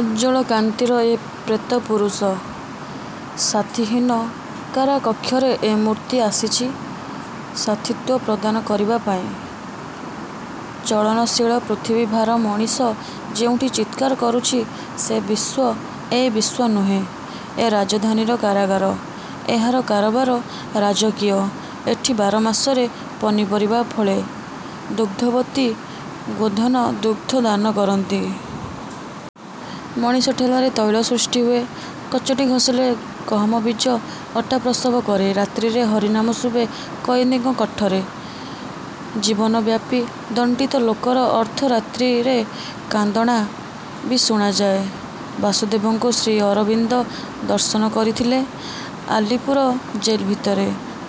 ଉଜ୍ଜ୍ଵଳ କାନ୍ତିର ଏ ପ୍ରେତ ପୁରୁଷ। ସାଥୀହୀନ କାରାକକ୍ଷରେ ଏ ମୂର୍ତ୍ତି ଆସିଛି ସାଥୀତ୍ୱ ପ୍ରଦାନ କରିବାପାଇଁ। ଚଳନଶୀଳ ପୃଥିବୀଭରା ମଣିଷ ଯେଉଁଠି ଚିତ୍କାର କରୁଛି, ସେ ବିଶ୍ଵ ଏ ବିଶ୍ଵ ନୁହେଁ। ଏ ରାଜଧାନୀର କାରାଗାର। ଏହାର କାରବାର ରାଜକୀୟ। ଏଠି ବାରମାସରେ ପନିପରିବା ଫଳେ, ଦୁଗ୍ଧବତୀ ଗୋଧନ ଦୁଗ୍ଧ ଦାନ କରନ୍ତି। ମଣିଷ ଠେଲାରେ ତୈଳ ସୃଷ୍ଟି ହୁଏ। କଚଟି ଘଷିଲେ ଗହମବୀଜ ଅଟାପ୍ରସବ କରେ। ରାତ୍ରିରେ ହରିନାମ ଶୁଭେ କଏଦୀଙ୍କ କଣ୍ଠରେ; ଜୀବନବ୍ୟାପି ଦଣ୍ଡିତ ଲୋକର ଅର୍ଦ୍ଧରାତ୍ରିରେ କାନ୍ଦଣା ବି ଶୁଣାଯାଏ। ବାସୁଦେବଙ୍କୁ ଶ୍ରୀ ଅରବିନ୍ଦ ଦର୍ଶନ କରିଥିଲେ ଆଲିପୁର ଜେଲଭିତରେ।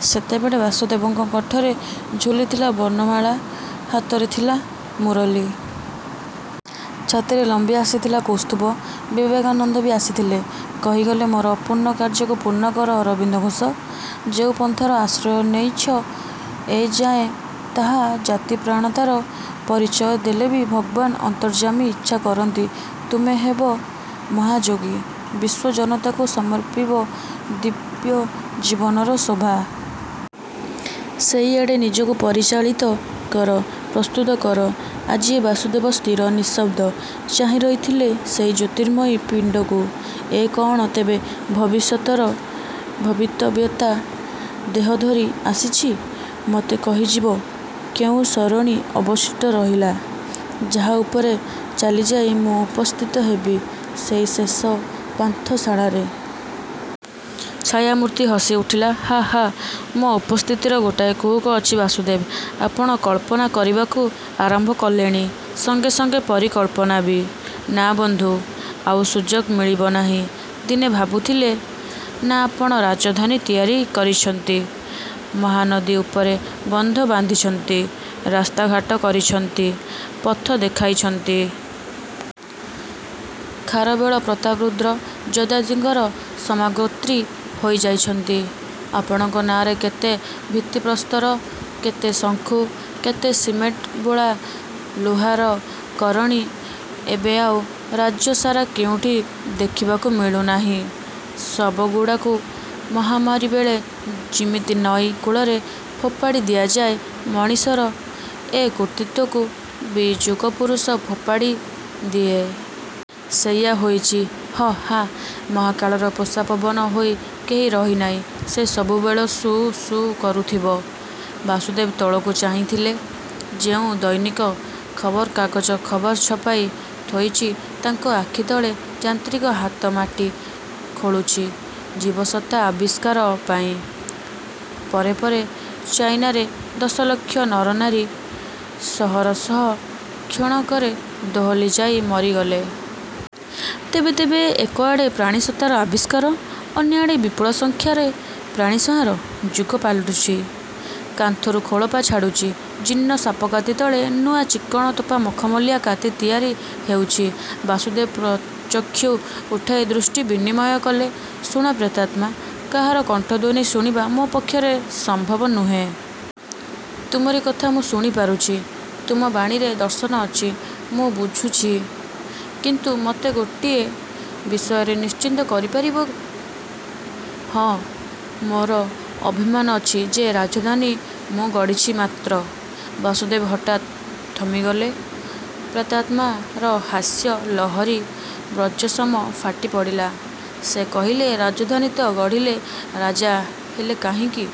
ସେତେବେଳେ ବାସୁଦେବଙ୍କ କଣ୍ଠରେ ଝୁଲୁଥିଲା ବନମାଳା, ହାତରେ ଥିଲା ମୁରଲୀ। ଛାତିରେ ଲମ୍ବି ଆସିଥିଲା କୌସ୍ତୁଭ। ବିବେକାନନ୍ଦ ବି ଆସିଥିଲେ, କହିଗଲେ-ମୋର ଅପୂର୍ଣ୍ଣ କାର୍ଯ୍ୟକୁ ପୂର୍ଣ୍ଣକର ଅରବିନ୍ଦ ଘୋଷ। ଯେଉଁ ପନ୍ଥାର ଆଶ୍ରୟ ନେଇଛ ଏ ଯାଏ, ତାହା ଜାତିପ୍ରାଣତାର ପରିଚୟ ଦେଲେ ବି ଭଗବାନ ଅନ୍ତର୍ଯ୍ୟାମୀ ଇଚ୍ଛା କରନ୍ତି ତୁମେ ହେବ ମହାଯୋଗୀ, ବିଶ୍ଵଜନତାକୁ ସମର୍ପିବ ଦିବ୍ୟଜୀବନର ଶୋଭା। ସେଇଆଡ଼େ ନିଜକୁ ପରିଚାଳିତ କର, ପ୍ରସ୍ତୁତ କର। ଆଜି ଏ ବାସୁଦେବ ସ୍ଥିର, ନିଷ୍ପନ୍ଦ। ଚାହିଁ ରହିଥିଲେ ସେହି ଜ୍ୟୋତିର୍ମୟ ପିଣ୍ଡକୁ.. ଏ କଅଣ ତେବେ ଭବିଷ୍ୟତର ଭବିତବ୍ୟତା, ଦେହ ଧରି ଆସିଛି ମତେ କହିଯିବ କେଉଁ ସରଣୀ ଅବଶିଷ୍ଟ ରହିଲା, ଯାହା ଉପରେ ଚାଲିଯାଇ ମୁଁ ଉପସ୍ଥିତ ହେବି ସେହି ଶେଷ ପାନ୍ଥଶାଳାରେ? ଛାୟାମୂର୍ତ୍ତି ହସିଉଠିଲା– ହାଃ… ହାଃ… ମୋ ଉପସ୍ଥିତର ଗୋଟାଏ କୁହୁକ ଅଛି, ବାସୁଦେବ! ଆପଣ କଳ୍ପନା କରିବାକୁ ଆରମ୍ଭ କଲେଣି, ସଙ୍ଗେ ସଙ୍ଗେ ପରିକଳ୍ପନା ବି! ନା ବନ୍ଧୁ, ଆଉ ସୁଯୋଗ ମିଳିବ ନାହିଁ। ଦିନେ ଭାବୁଥିଲେ ନା ଆପଣ ରାଜଧାନୀ ତିଆରି କରିଛନ୍ତି? ମହାନଦୀ ଉପରେ ବନ୍ଧ ବାନ୍ଧିଛନ୍ତି, ରାସ୍ତା ଘାଟ କରିଛନ୍ତି, ପଥ ଦେଖାଇଛନ୍ତି? ଖାରବେଳ, ପ୍ରତାପରୁଦ୍ର, ଯଯାତିଙ୍କର ସମଗୋତ୍ରୀ ହୋଇଯାଇଛନ୍ତି? ଆପଣଙ୍କ ନାଁରେ କେତେ ଭିତ୍ତିପ୍ରସ୍ତର, କେତେ ଶଙ୍କୁ, କେତେ ସିମେଣ୍ଟବୋଳା ଲୁହାର କରଣୀ ଏବେ ଆଉ ରାଜ୍ୟସାରା କେଉଁଠି ଦେଖିବାକୁ ମିଳୁନାହିଁ। ଶବ ଗୁଡ଼ାକୁ ମହାମାରି ବେଳେ ଯିମିତି ନଈ କୂଳରେ ଫୋପାଡ଼ି ଦିଆଯାଏ, ମଣିଷର ଏ କୃତିତ୍ଵକୁ ବି ଯୁଗପୁରୁଷ ଫୋପାଡ଼ିଦିଏ। ସେଇଆ ହୋଇଛି–ହଃ… ହାଃ… ମହାକାଳର ପୋଷା ପବନ ହୋଇ କେହି ରହିନାହିଁ ସେ ସବୁବେଳେସୁ… ସୁ…. କରୁଥିବ-। ବାସୁଦେବ ତଳକୁ ଚାହିଁଥିଲେ ଯେଉଁ ଦୈନିକ ଖବରକାଗଜ ଖବର ଛପାଇ ଥୋଇଛି ତାଙ୍କ ଆଖି ତଳେ.. ଯାନ୍ତ୍ରିକ ହାତ ମାଟି ଖୋଳୁଛି ଜୀବସତ୍ତା ଆବିଷ୍କାର ପାଇଁ। ପରେ ପରେ ଚାଇନାରେ ଦଶ ଲକ୍ଷ ନରନାରୀ ସହରସହ କ୍ଷଣକରେ ଦୋହଲିଯାଇ ମରିଗଲେ। ତେବେ… ତେବେ… ଏକ ଆଡ଼େ ପ୍ରାଣୀସତ୍ତାର ଆବିଷ୍କାର, ଅନ୍ୟଆଡ଼େ ବିପୁଳ ସଂଖ୍ୟାରେ ପ୍ରାଣୀ ସଂହାର, ଯୁଗ ପାଲଟୁଛି। କାନ୍ଥରୁ ଖୋଳପା ଛାଡ଼ୁଛି। ଜୀର୍ଣ୍ଣ ସାପକାତି ତଳେ ନୂଆ ଚିକ୍କଣ ତୋଫା ମଖମଲିଆ କାତି ତିଆରି ହେଉଛି। ବାସୁଦେବ ପ୍ରଚକ୍ଷୁ ଉଠାଇ ଦୃଷ୍ଟି ବିନିମୟ କଲେ। "-ଶୁଣ ପ୍ରେତାତ୍ମା, କାହାର କଣ୍ଠଧ୍ଵନି ଶୁଣିବା ମୋ ପକ୍ଷରେ ସମ୍ଭବ ନୁହେଁ। ତୁମରି କଥା ମୁଁ ଶୁଣିପାରୁଛି। ତୁମ ବାଣୀରେ ଦର୍ଶନ ଅଛି। ମୁଁ ବୁଝୁଛି–କିନ୍ତୁ ମତେ ଗୋଟିଏ ବିଷୟରେ ନିଶ୍ଚିନ୍ତ କରିପାରିବ? ହଁ, ମୋର ଅଭିମାନ ଅଛି ଯେ ରାଜଧାନୀ ମୁଁ ଗଢ଼ିଛି, ମାତ୍ର… " ବାସୁଦେବ ହଠାତ୍ ଥମିଗଲେ, ପ୍ରେତାତ୍ମାର ହାସ୍ୟ ଲହରୀ ବଜ୍ରସମ ଫାଟିପଡ଼ିଲା। ସେ କହିଲା–ରାଜଧାନୀ ତ ଗଢ଼ିଲେ, ରାଜା ହେଲେ କାହିଁକି?